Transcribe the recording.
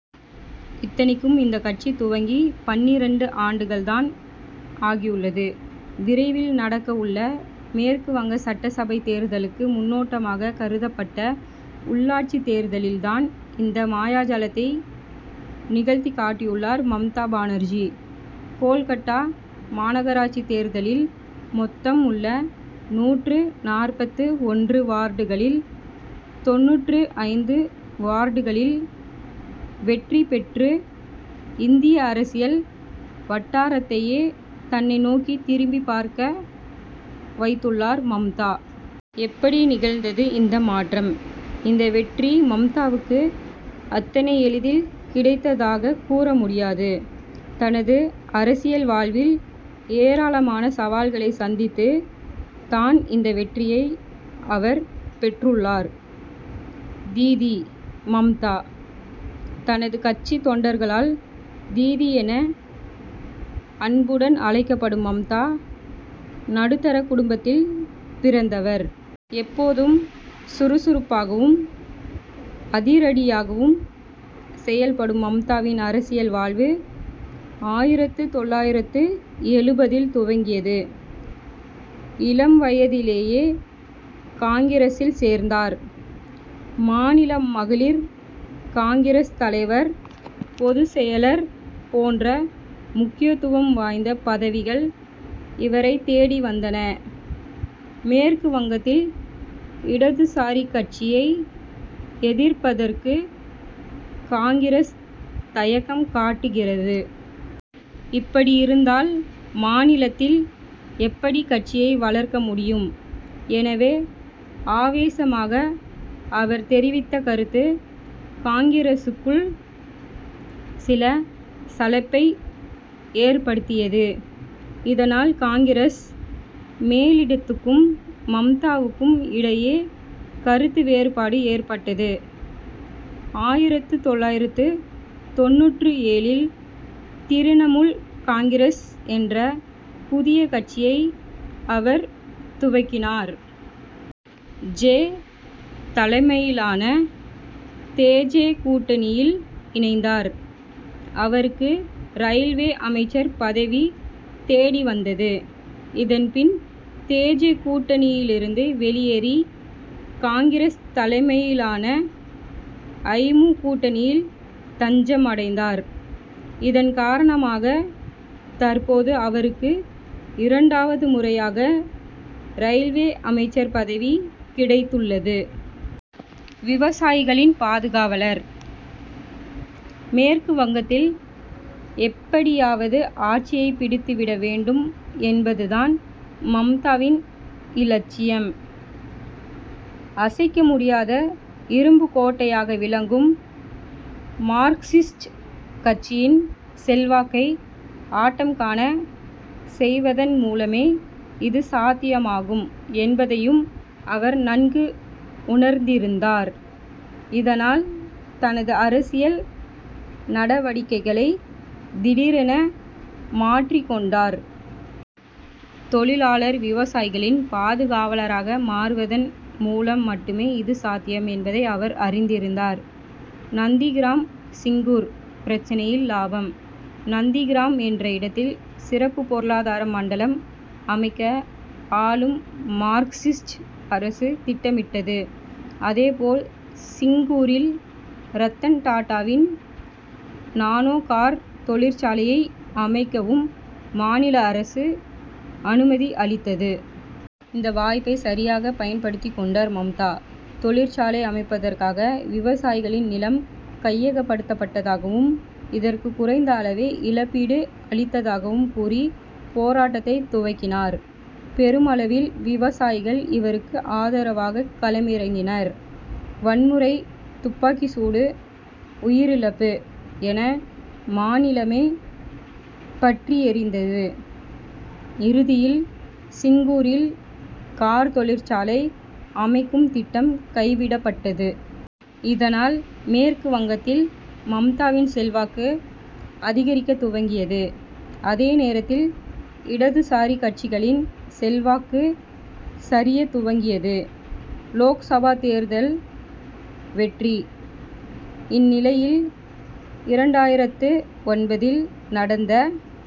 இத்தனைக்கும் இந்த கட்சி துவங்கி பன்னிரண்டு ஆண்டுகள் தான் ஆகியுள்ளது. விரைவில் நடக்கவுள்ள மேற்கு வங்க சட்டசபை தேர்தலுக்கு முன்னோட்டமாக கருதப்பட்ட உள்ளாட்சி தேர்தலில் தான் இந்த மாயாஜாலத்தை நிகழ்த்திக் காட்டியுள்ளார் மம்தா பானர்ஜி. கோல்கட்டா மாநகராட்சி தேர்தலில் மொத்தம் உள்ள நூற்று நாற்பத்து ஒன்று வார்டுகளில் தொண்ணூற்று ஐந்து வார்டுகளில் வெற்றி பெற்று இந்திய அரசியல் வட்டாரத்தையே தன்னை நோக்கி திரும்பி பார்க்க வைத்துள்ளார் மம்தா. எப்படி நிகழ்ந்தது இந்த மாற்றம்? இந்த வெற்றி மம்தாவுக்கு அத்தனை எளிதில் கிடைத்ததாக கூற முடியாது. தனது அரசியல் வாழ்வில் ஏராளமான சவால்களை சந்தித்து தான் இந்த வெற்றியை அவர் பெற்றுள்ளார். தீதி மம்தா: தனது கட்சித் தொண்டர்களால் தீதி என அன்புடன் அழைக்கப்படும் மம்தா நடுத்தர குடும்பத்தில் பிறந்தவர். எப்போதும் சுறுசுறுப்பாகவும் அதிரடியாகவும் செயல்படும் மம்தாவின் அரசியல் வாழ்வு ஆயிரத்து தொள்ளாயிரத்து எழுபதில் துவங்கியது. இளம் வயதிலேயே காங்கிரசில் சேர்ந்தார். மாநில மகளிர் காங்கிரஸ் தலைவர் பொதுச்செயலர் போன்ற முக்கியத்துவம் வாய்ந்த பதவிகள் இவரைத் தேடி வந்தன. மேற்கு வங்கத்தில் இடதுசாரி கட்சியை எதிர்ப்பதற்கு காங்கிரஸ் தயக்கம் காட்டுகிறது. இப்படி இருந்தால் மாநிலத்தில் எப்படி கட்சியை வளர்க்க முடியும் என ஆவேசமாக அவர் தெரிவித்த கருத்து காங்கிரசுக்குள் சல சலப்பை ஏற்படுத்தியது. இதனால் காங்கிரஸ் மேலிடத்துக்கும் மம்தாவுக்கும் இடையே கருத்து வேறுபாடு ஏற்பட்டது. ஆயிரத்து தொள்ளாயிரத்து தொண்ணூற்று ஏழில் திரிணமுல் காங்கிரஸ் என்ற புதிய கட்சியை அவர் துவக்கினார். ஜ. தலைமையிலான தே. ஜ. கூட்டணியில் இணைந்தார். அவருக்கு ரயில்வே அமைச்சர் பதவி தேடி வந்தது. இதன் பின் தே. ஜ. கூட்டணியிலிருந்து வெளியேறி காங்கிரஸ் தலைமையிலான ஐ. மு. கூட்டணியில் தஞ்சம் அடைந்தார். இதன் காரணமாக தற்போது அவருக்கு இரண்டாவது முறையாக ரயில்வே அமைச்சர் பதவி கிடைத்துள்ளது. விவசாயிகளின் பாதுகாவலர்: மேற்கு வங்கத்தில் எப்படியாவது ஆட்சியை பிடித்து விட வேண்டும் என்பது தான் மம்தாவின் இலட்சியம். அசைக்க முடியாத இரும்புக் கோட்டையாக விளங்கும் மார்க்சிஸ்ட் கட்சியின் செல்வாக்கை ஆட்டம் காணச் செய்வதன் மூலமே இது சாத்தியமாகும் என்பதையும் அவர் நன்கு உணர்ந்திருந்தார். இதனால் தனது அரசியல் நடவடிக்கைகளை திடீரென மாற்றிக் கொண்டார். தொழிலாளர் விவசாயிகளின் பாதுகாவலராக மாறுவதன் மூலம் மட்டுமே இது சாத்தியம் என்பதை அவர் அறிந்திருந்தார். நந்திகிராம் சிங்கூர் பிரச்னையில் லாபம்: நந்திகிராம் என்ற இடத்தில் சிறப்பு பொருளாதார மண்டலம் அமைக்க ஆளும் மார்க்சிஸ்ட் அரசு திட்டமிட்டது. இதேபோல் சிங்கூரில் ரத்தன் டாடாவின் நானோ கார் தொழிற்சாலையை அமைக்கவும் மாநில அரசு அனுமதி அளித்தது. இந்த வாய்ப்பை சரியாக பயன்படுத்தி கொண்டார் மம்தா. தொழிற்சாலை அமைப்பதற்காக விவசாயிகளின் நிலம் கையகப்படுத்தப்பட்டதாகவும் இதற்கு குறைந்த அளவே இழப்பீடு அளித்ததாகவும் கூறி போராட்டத்தை துவக்கினார். பெருமளவில் விவசாயிகள் இவருக்கு ஆதரவாக களமிறங்கினர். வன்முறை துப்பாக்கி சூடு உயிரிழப்பு என மாநிலமே பற்றி எரிந்தது. இறுதியில் சிங்கூரில் கார் தொழிற்சாலை அமைக்கும் திட்டம் கைவிடப்பட்டது. இதனால் மேற்கு வங்கத்தில் மம்தாவின் செல்வாக்கு அதிகரிக்க துவங்கியது. அதே நேரத்தில் இடதுசாரி கட்சிகளின் செல்வாக்கு சரியத் துவங்கியது. லோக்சபா தேர்தல் வெற்றி: இந்நிலையில் இரண்டாயிரத்து ஒன்பதில் நடந்த